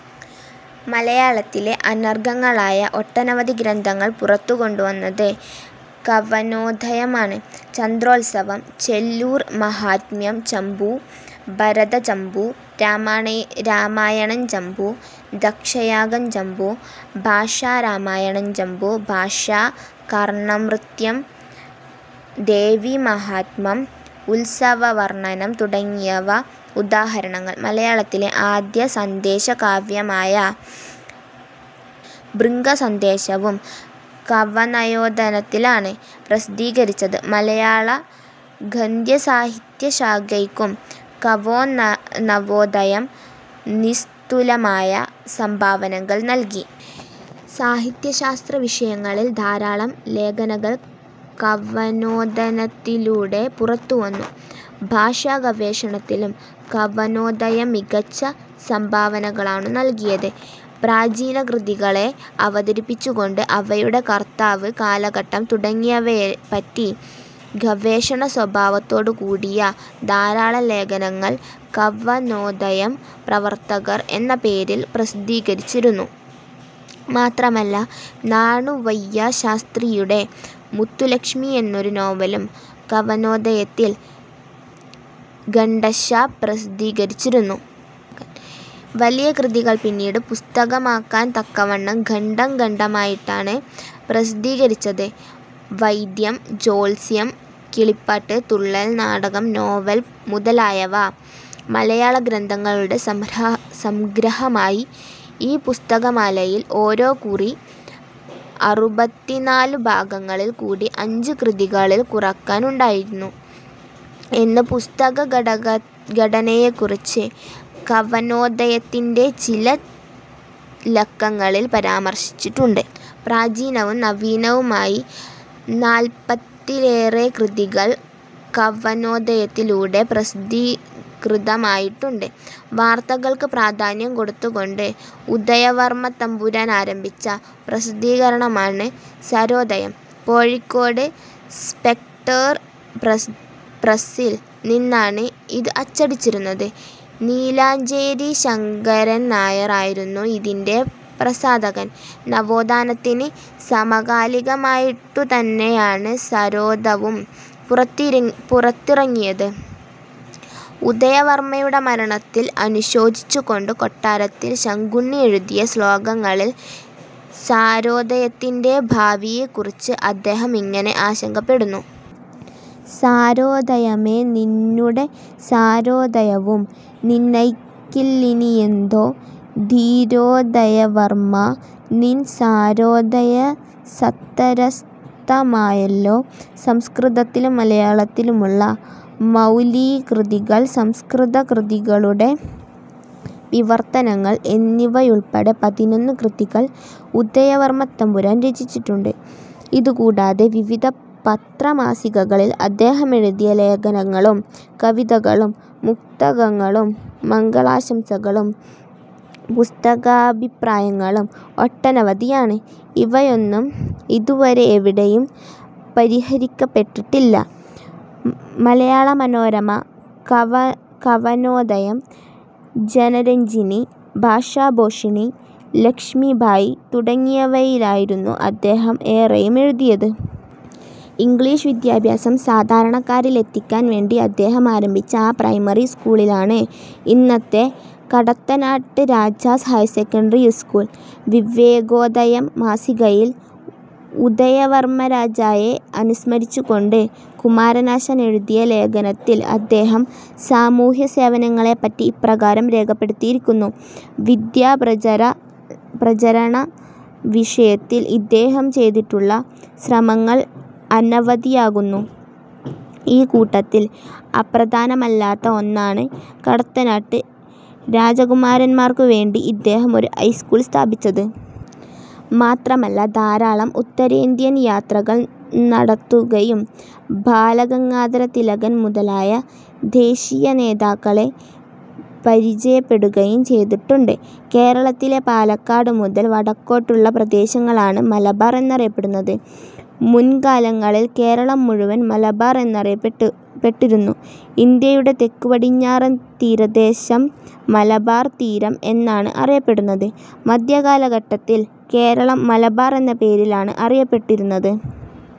മലയാളത്തിലെ അനർഘങ്ങളായ ഒട്ടനവധി ഗ്രന്ഥങ്ങൾ പുറത്തുകൊണ്ടുവന്നത് കവനോദയമാണ്. ചന്ദ്രോത്സവം, ചെല്ലൂർ മാഹാത്മ്യം ചമ്പു, ഭാരതചമ്പു, രാമായണം ചമ്പു, ദക്ഷയാഗം ചമ്പു, ഭാഷാരാമായണം ചമ്പു, ഭാഷാകർണാമൃതം, ദേവീമാഹാത്മ്യം, ഉത്സവവർണ്ണനം തുടങ്ങിയവ ഉദാഹരണങ്ങൾ. മലയാളത്തിലെ ആദ്യ സന്ദേശകാവ്യമായ ഭൃംഗസന്ദേശവും കവനോദയത്തിലാണ് പ്രസിദ്ധീകരിച്ചത്. മലയാള ഗദ്യസാഹിത്യ ശാഖയ്ക്കും കവനോദയം നിസ്തുലമായ സംഭാവനകൾനല്കി. സാഹിത്യ-ശാസ്ത്ര വിഷയങ്ങളിൽ ധാരാളം ലേഖനങ്ങൾ കവനോദയത്തിലൂടെ പുറത്തുവന്നു. ഭാഷാഗവേഷണത്തിലും കവനോദയം മികച്ച സംഭാവനകളാണു നല്കിയത്. പ്രാചീനകൃതികളെ അവതരിപ്പിച്ചുകൊണ്ട് അവയുടെ കർത്താവ്, കാലഘട്ടം തുടങ്ങിയവയെപ്പറ്റി ഗവേഷണസ്വഭാവത്തോടുകൂടിയ ധാരാളം ലേഖനങ്ങൾ 'കവനോദയം പ്രവർത്തകർ' എന്ന പേരിൽ പ്രസിദ്ധീകരിച്ചിരുന്നു. മാത്രമല്ല നാണുവയ്യാ ശാസ്ത്രിയുടെ മുത്തുലക്ഷ്മി എന്നൊരു നോവലും കവനോദയത്തിൽ ഖണ്ഡശ്ശ പ്രസിദ്ധീകരിച്ചിരുന്നു. വലിയകൃതികൾ പിന്നീട് പുസ്തകമാക്കാൻ തക്കവണ്ണം ഖണ്ഡം ഖണ്ഡമായിട്ടാണ് പ്രസിദ്ധീകരിച്ചിരുന്നത്. 'വൈദ്യം, ജ്യോതിഷം, കിളിപ്പാട്ട്, തുള്ളൽ, നാടകം, നോവൽ മുതലയ മലയാള ഗ്രന്ഥങ്ങളുടെ സംഗ്രഹമായ ഈ പുസ്തകമാലയിൽ ഓരോകുറി അറുപത്തിനാലു ഭാഗങ്ങളിൽ കൂടി അഞ്ച് കൃതികളിൽ കുറയാതെ ഉണ്ടായിരിക്കും' എന്ന് പുസ്തക ഘടനയെക്കുറിച്ച് കവനോദയത്തിന്റെ തന്നെ ചില ലക്കങ്ങളിൽ പരാമർശിച്ചിട്ടുണ്ട്. പ്രാചീനവും നവീനവുമായി നാൽപ്പതിനേറെ കൃതികൾ കവനോദയത്തിലൂടെ പ്രസിദ്ധീകൃതമായിട്ടുണ്ട്. വാർത്തകൾക്ക് പ്രാധാന്യം കൊടുത്തുകൊണ്ട് ഉദയവർമ്മത്തമ്പുരാൻ ആരംഭിച്ച പ്രസിദ്ധീകരണമാണ് സാരോദയം. കോഴിക്കോട് സ്പെക്ടേറ്റർ പ്രസ്സിൽ നിന്നാണ് ഇത് അച്ചടിച്ചിരുന്നത്. നീലഞ്ചേരി ശങ്കരൻ നായർ ആയിരുന്നു ഇതിന്റെ പ്രസാധകൻ. കവനോദയത്തിന് സമകാലികമായിട്ടുതന്നെയാണ് സാരോദയവും പുറത്തിറങ്ങിയിരുന്നത്. ഉദയവർമ്മയുടെ മരണത്തിൽ അനുശോചിച്ചുകൊണ്ട് കൊട്ടാരത്തിൽ ശങ്കുണ്ണി എഴുതിയ ശ്ലോകങ്ങളിൽ സാരോദയത്തിന്റെ ഭാവിയെക്കുറിച്ച് അദ്ദേഹം ഇങ്ങനെ ആശങ്കപ്പെടുന്നു. 'സാരോദയമേ! നിന്നുടെസാരോദയവും നിനയ്ക്കിലിനിയെന്തോ! ധീരോദയവർമ്മാ നിൻസാരോദയസത്തരാസ്തമായല്ലോ' സംസ്കൃതത്തിലും മലയാളത്തിലുമുള്ള മൗലിക കൃതികൾ, സംസ്കൃത കൃതികളുടെ വിവർത്തനങ്ങൾ എന്നിവയുൾപ്പെടെ പതിനൊന്ന് കൃതികൾ ഉദയവർമ്മത്തമ്പുരാൻ രചിച്ചിട്ടുണ്ട്. ഇതുകൂടാതെ വിവിധ പത്ര മാസികകളിൽ അദ്ദേഹമെഴുതിയ ലേഖനങ്ങളും കവിതകളും മുക്തകങ്ങളും മംഗളാശംസകളും പുസ്തകാഭിപ്രായങ്ങളും ഒട്ടനവധിയാണ്. ഇവയൊന്നും ഇതുവരെ എവിടെയും സമാഹരിക്കപ്പെട്ടിട്ടില്ല. മലയാളമനോരമ, കവനോദയം, ജനരഞ്ജിനി, ഭാഷാപോഷിണി, ലക്ഷ്മീഭായ് തുടങ്ങിയവയിലായിരുന്നു അദ്ദേഹം ഏറെയും എഴുതിയിരുന്നത്. ഇംഗ്ലീഷ് വിദ്യാഭ്യാസം സാധാരണക്കാരിലെത്തിക്കാൻ വേണ്ടി അദ്ദേഹം ആരംഭിച്ച ആ പ്രൈമറി സ്കൂളാണ് ഇന്നത്തെ കടത്തനാട്ട് രാജാസ് ഹയർസെക്കന്ററി സ്കൂൾ. വിവേകോദയം മാസികയിൽ ഉദയവർമ്മരജയെ അനുസ്മരിച്ചുകൊണ്ട് കുമാരനാശാൻ എഴുതിയ ലേഖനത്തിൽ അദ്ദേഹത്തിന്റെ സാമൂഹ്യസേവനങ്ങളെപ്പറ്റി ഇപ്രകാരം രേഖപ്പെടുത്തിയിരിക്കുന്നു:'വിദ്യാപ്രചരണ വിഷയത്തിൽ ഇദ്ദേഹം ചെയ്തിട്ടുള്ള ശ്രമങ്ങൾ അനവധിയാകുന്നു. ഈ കൂട്ടത്തിൽ അപ്രധാനമല്ലാത്ത ഒന്നാണ് കടത്തനാട്ടു രാജകുമാരന്മാർക്കുവേണ്ടി ഇദ്ദേഹം ഒരു ഹൈസ്കൂൾ സ്ഥാപിച്ചത്. മാത്രമല്ല ധാരാളം ഉത്തരേന്ത്യൻ യാത്രകൾ നടത്തുകയും ബാലഗംഗാധരതിലകൻ മുതലായ ദേശീയനേതാക്കളെ പരിചയപ്പെടുകയും ചെയ്ചിട്ടുണ്ട്. കേരളത്തിലെ പാലക്കാട് മുതൽ വടക്കോട്ടുള്ള പ്രദേശങ്ങളാണ് മലബാർ എന്നറിയപ്പെടുന്നത്. മുൻകാലങ്ങളിൽ കേരളം മുഴുവനും മലബാർ എന്നറിയപ്പെട്ടിരുന്നു. ഇന്ത്യയുടെ തെക്കുപടിഞ്ഞാറൻ തീരപ്രദേശം മലബാർ തീരം എന്നാണ് അറിയപ്പെടുന്നത്. മധ്യ കാലഘട്ടത്തിൽ കേരളം മലബാർ എന്ന പേരിലാണ് അറിയപ്പെട്ടിരുന്നത്.